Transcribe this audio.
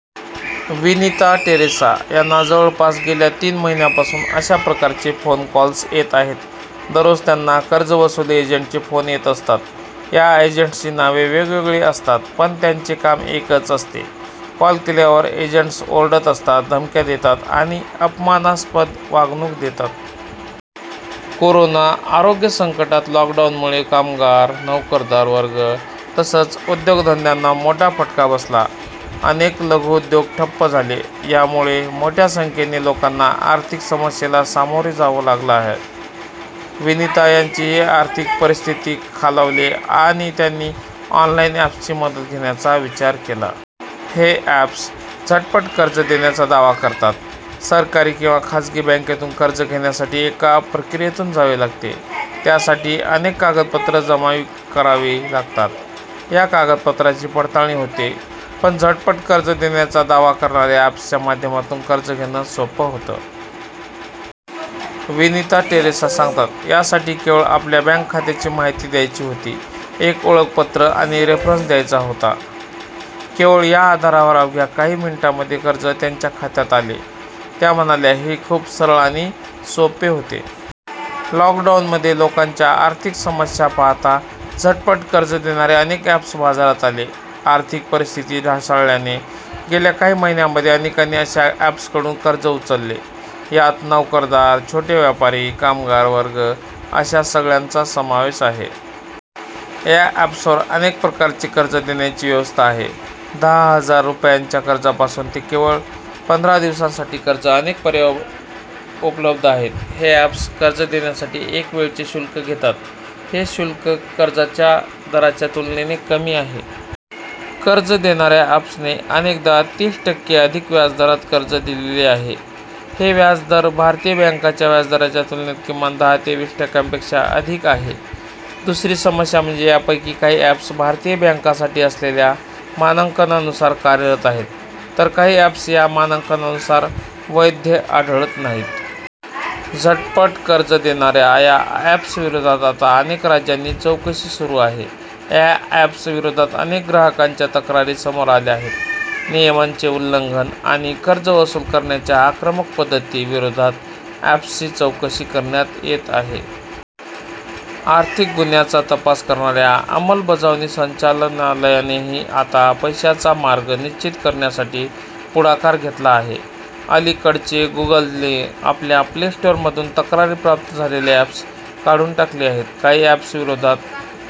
Vinita Teresa यांना जवळपास गेल्या तीन महिन्यांपासून अशाप्रकारचे फोन कॉल्स येत आहेत. दररोज त्यांना कर्ज वसुली एजंटचे फोन येत असतात. या एजंट्सची नावे वेगवेगळी असतात पण त्यांचे काम एकच असते. कॉल केल्यावर एजंट्स ओरडत असतात, धमक्या देतात आणि अपमानास्पद वागणूक देतात. कोरोना आरोग्य संकटात लॉकडॉऊनमुळे कामगार, नोकरदार वर्ग तसंच उद्योगधंद्यांना मोठा फटका बसला. अनेक लघु उद्योग ठप्प झाले. यामुळे मोठ्या संख्येने लोकांना आर्थिक समस्येला सामोरं जावं लागत आहे. विनीता यांचीही आर्थिक परिस्थिती खालावली आणि त्यांनी ऑनलाईन अँप्सची मदत घेण्याचा विचार केला. हे अँप्स झटपट कर्ज देण्याचा दावा करतात. सरकारी किंवा खासगी बँकेतून कर्ज घेण्यासाठी एका प्रक्रियेतून जावे लागते. त्यासाठी अनेक कागदपत्र जमा करावी लागतात. या कागदपत्रांची पडताळणी होते. पण झटपट कर्ज देण्याचा दावा करणाऱ्या अँप्सच्या माध्यमातून कर्ज घेणं सोपं होतं. विनिता टेरेसा सांगतात, यासाठी केवळ आपल्या बँक खात्याची माहिती द्यायची होती. एक ओळखपत्र आणि रेफरन्स द्यायचा होता. केवळ या आधारावर अवघ्या काही मिनिटांमध्ये कर्ज त्यांच्या खात्यात आले. त्या म्हणाल्या, हे खूप सरळ आणि सोपे होते. लॉकडॉऊनमध्ये लोकांच्या आर्थिक समस्या पाहता झटपट कर्ज देणारे अनेक अँप्स बाजारात आले. आर्थिक परिस्थिती ढासळल्याने गेल्या काही महिन्यांमध्ये अनेकांनी अशा अँप्सकडून कर्ज उचलले. यात नोकरदार, छोटे व्यापारी, कामगार वर्ग अशा सगळ्यांचा समावेश आहे. या अँप्सवर अनेक प्रकारचे कर्ज देण्याची व्यवस्था आहे. दहा हजार रुपयांच्या कर्जापासून ते केवळ पंधरा दिवसांसाठी कर्ज असे अनेक पर्याय उपलब्ध आहेत हे अँप्स कर्ज देण्यासाठी एक वेळचे शुल्क घेतात. हे शुल्क कर्ज दराच्या तुलनेत कमी आहे. कर्ज देणाऱ्या अँप्सने अनेकदा तीस टक्के अधिक व्याज दरात कर्ज दिलेले आहे. हे व्याज दर भारतीय बँकांच्या व्याजदराच्या तुलनेत किमान दहा ते वीस टक्क्यांपेक्षा अधिक आहे. दुसरी समस्या म्हणजे यापैकी काही अँप्स भारतीय बँकांसाठी असलेल्या मानकांनुसार कार्यरत आहेत, तर काही अँप्स या मानकांनुसार वैध आढळत नाहीत. झटपट कर्ज देणाऱ्या या अँप्स विरोधात आता अनेक राज्यांत चौकशी सुरू आहे. या अँप्स विरोधात अनेक ग्राहकांच्या तक्रारी समोर आल्या आहेत. नियमांचे उल्लंघन आणि कर्ज वसूल करण्याच्या आक्रमक पद्धती विरोधात अँप्सची चौकशी करण्यात येत आहे. आर्थिक गुन्ह्यांचा तपास करणाऱ्या अंमलबजावणी संचालनालयानेही आता पैशाचा मार्ग निश्चित करण्यासाठी पुढाकार घेतला आहे. अलीकडेच गुगलने आपल्या प्लेस्टोअरमधून तक्रारी प्राप्त झालेली अँप्स काढून टाकली आहेत. काही अँप्स विरोधात